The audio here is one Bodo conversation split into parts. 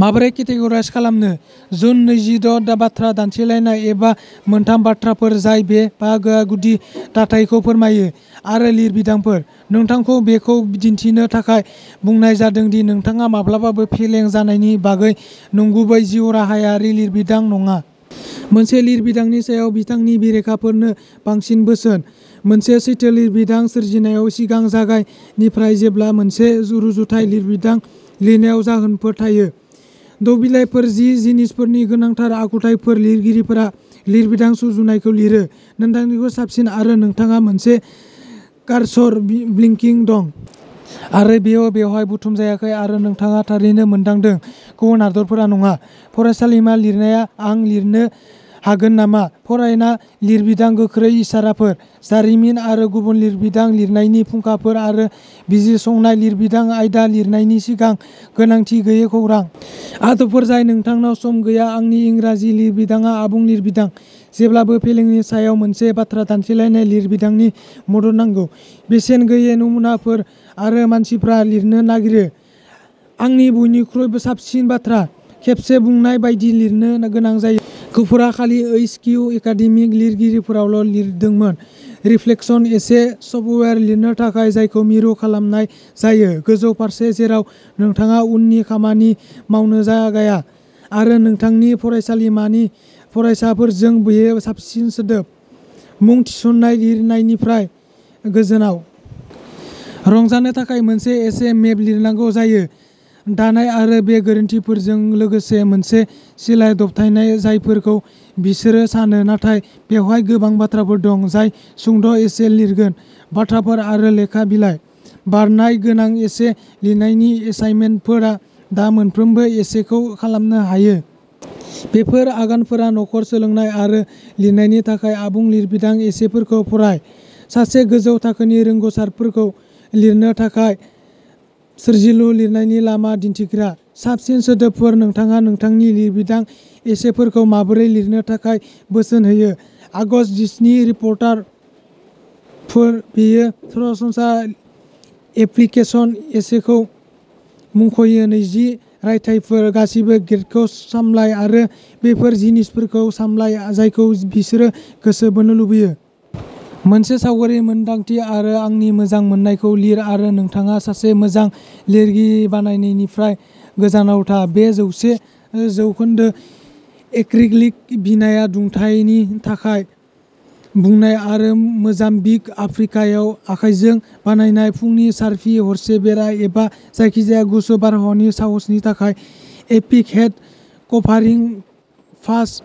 माबोरै केटेगराइज खालामनो। जुन नैजिद' बाथ्रा दान्थेलायनाय एबा मोनथाम बाथ्राफोर जाय बे बाहागोआ गुदि दाथायखौ फोरमायो, आरो लिरबिदांफोर। नोंथांखौ बेखौ दिन्थिनो थाखाय बुंनाय जादों दि नोंथाङा माब्लाबाबो फेलें जानायनि बागै नंगुबै जिउराहायारि लिरबिदां नङा। मोनसे लिरबिदांनि सायाव बिथांनि बेरेखाफोरनो बांसिन बोसोन। मोनसे सैथो लिरबिदां सोरजिनायाव सिगां जागाय, निफ्राय जेब्ला मोनसे रुजुथाय लिरबिदां लिरनायाव जाहोनफोर थायो। द' बिलाइफोर जि जिनिसफोरनि गोनांथार आखुथायफोर लिरगिरिफोरा लिरबिदां सुजुनायखौ लिरो। नोंथांनिख्रुइ साबसिन आरो नोंथांहा मोनसे कार्सर ब्लिं ब्लिंकिं दं। आरो बेयो बेवहाय बुथुमजायाखै आरो नोंथाङा थारैनो मोनदांदों, गुबुन हादोरफोरा नङा। फरायसालिमा लिरनाया आं लिरनो हागोन नामा फरायना लिरबिदां गोख्रै इसाराफोर। जारिमिन आरो गुबुन लिरबिदां लिरनायनि फुंखाफोर आरो बिजिरसंनाय लिरबिदां आयदा लिरनायनि सिगां गोनांथि गैयै खौरां। आदबफोर जाय नोंथांनाव सम गैया आंनि इंराजि लिरबिदांआ आबुं लिरबिदां। जेब्लाबो फेलेंनि सायाव मोनसे बाथ्रा दान्थेलायनाय लिरबिदांनि मदद नांगौ। बेसेन गैयै नमुनाफोर आरो मानसिफ्रा लिरनो नागिरो। आंनि बयनिख्रुइ साबसिन बाथ्रा। खेबसे बुंनाय बायदि लिरनो गोनां जायो। गुफुरआ खालि ओइस किउ एकाडेमिक लिरगिरिफोरावल' लिरदोंमोन रिफ्लेक्शन एसे सफ्टवेयार लिरनो थाखाय जायखौ मिरु खालामनाय जायो। गोजौ फारसे, जेराव नोंथाङा उननि खामानि मावनो जागाया? आरो नोंथांनि फरायसालिमानि फरायसाफोरजों बेयो साबसिन सोदोब, मुं थिसनथाय लिरनायनिफ्राय गोजानाव। रंजानो थाखाय मोनसे एसे मेप लिरनांगौ जायो। दानाय आरो बे गोरोन्थिफोरजों लोगोसे मोनसे सिलाइ दबथायनाय जायफोरखौ बिसोरो सानो नाथाय बेवहाय गोबां बाथ्राफोर दं जाय सुंद' एसे लिरगोन बाथ्राफोर आरो लेखा बिलाइ। बरनायनाय गोनां एसे लिरनायनि एसाइनमेन्टफोरा दा मोनफ्रोमबो एसेखौ खालामनो हायो। बेफोर आगानफोरा न'खर सोलोंनाय आरो लिरनायनि थाखाय आबुं लिरबिदां एसेफोरखौ फराय। सासे गोजौ थाखोनि रोंग'सारफोरखौ लिरनो थाखाय सोरजिलु लिरनायनि लामा दिन्थिग्रा। साबसिन सोदोबफोर, नोंथाङा नोंथांनि लिरबिदां एसेफोरखौ माबोरै लिरनो थाखाय बोसोन होयो। आगस्त जिस्नि रिपर्टफोर, बेयो सरासनस्रा एप्लिकेसन एसेखौ मुंख'यो नैजि रायथाइफोर, गासिबो ग्रेडखौ सामलाय आरो बैफोर जिनिसफोरखौ सामलाय जायखौ बिसोरो गोसो बोनो लुबैयो? मोनसे गावारि मोन्दांथि आरो आंनि मोजां मोननायखौ लिर आरो नोंथाङा सासे मोजां लिरगिरि बानायनायनिफ्राय गोजानाव था। बे जौसे जौखोन्दो एक्रिलिक बिनिया दुंथायनि थाखाय बुनाय आरो मोजाम्बिक, आफ्रिकायाव आखाइजों बानायनाय। फुंनि सार्फिं, हरसे बेराय एबा जायखिजाया गुसु बारहावानि साहसनि थाखाय एपिक हेड कभारिं फाज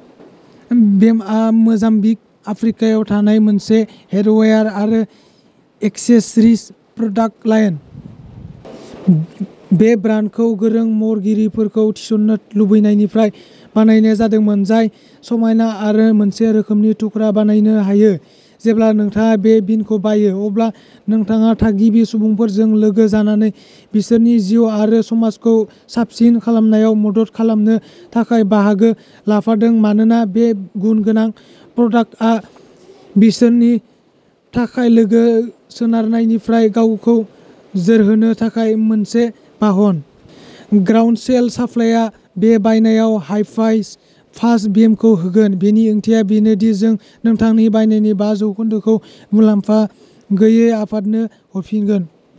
बेमआ मोजाम्बिक आफ्रिकायाव थानाय मोनसे हेडवेयार आरो एक्सेसरिज प्रडाक्ट लाइन। बे ब्रान्डखौ गोरों महरगिरिफोरखौ थिसन्नो लुबैनायनिफ्राय बानायनाय जादोंमोन, जाय समायना आरो मोनसे रोखोमनि थुख्रा बानायनो हायो। जेब्ला नोंथाङा बे बिनखौ बायो, अब्ला नोंथाङा थागिबि सुबुंफोरजों लोगो जानानै बिसोरनि जिउ आरो समाजखौ साबसिन खालामनायाव मदद खालामनो थाखाय बाहागो लाफादों मानोना बे गुन गोनां प्रडाक्टआ बिसोरनि थाखाय लोगो सोनारनायनिफ्राय गावखौ जोरहोनो थाखाय मोनसे बाहन। ग्राउन्डस्वेल साप्लायआ बे बायनायाव हाइ फाइभ फाज बेमखौ होगोन, बेनि ओंथिया बेनो दि जों नोंथांनि बायनायनि बा जौखोन्दोखौ मुलाम्फा गैयै आफादनो हरफिनगोन।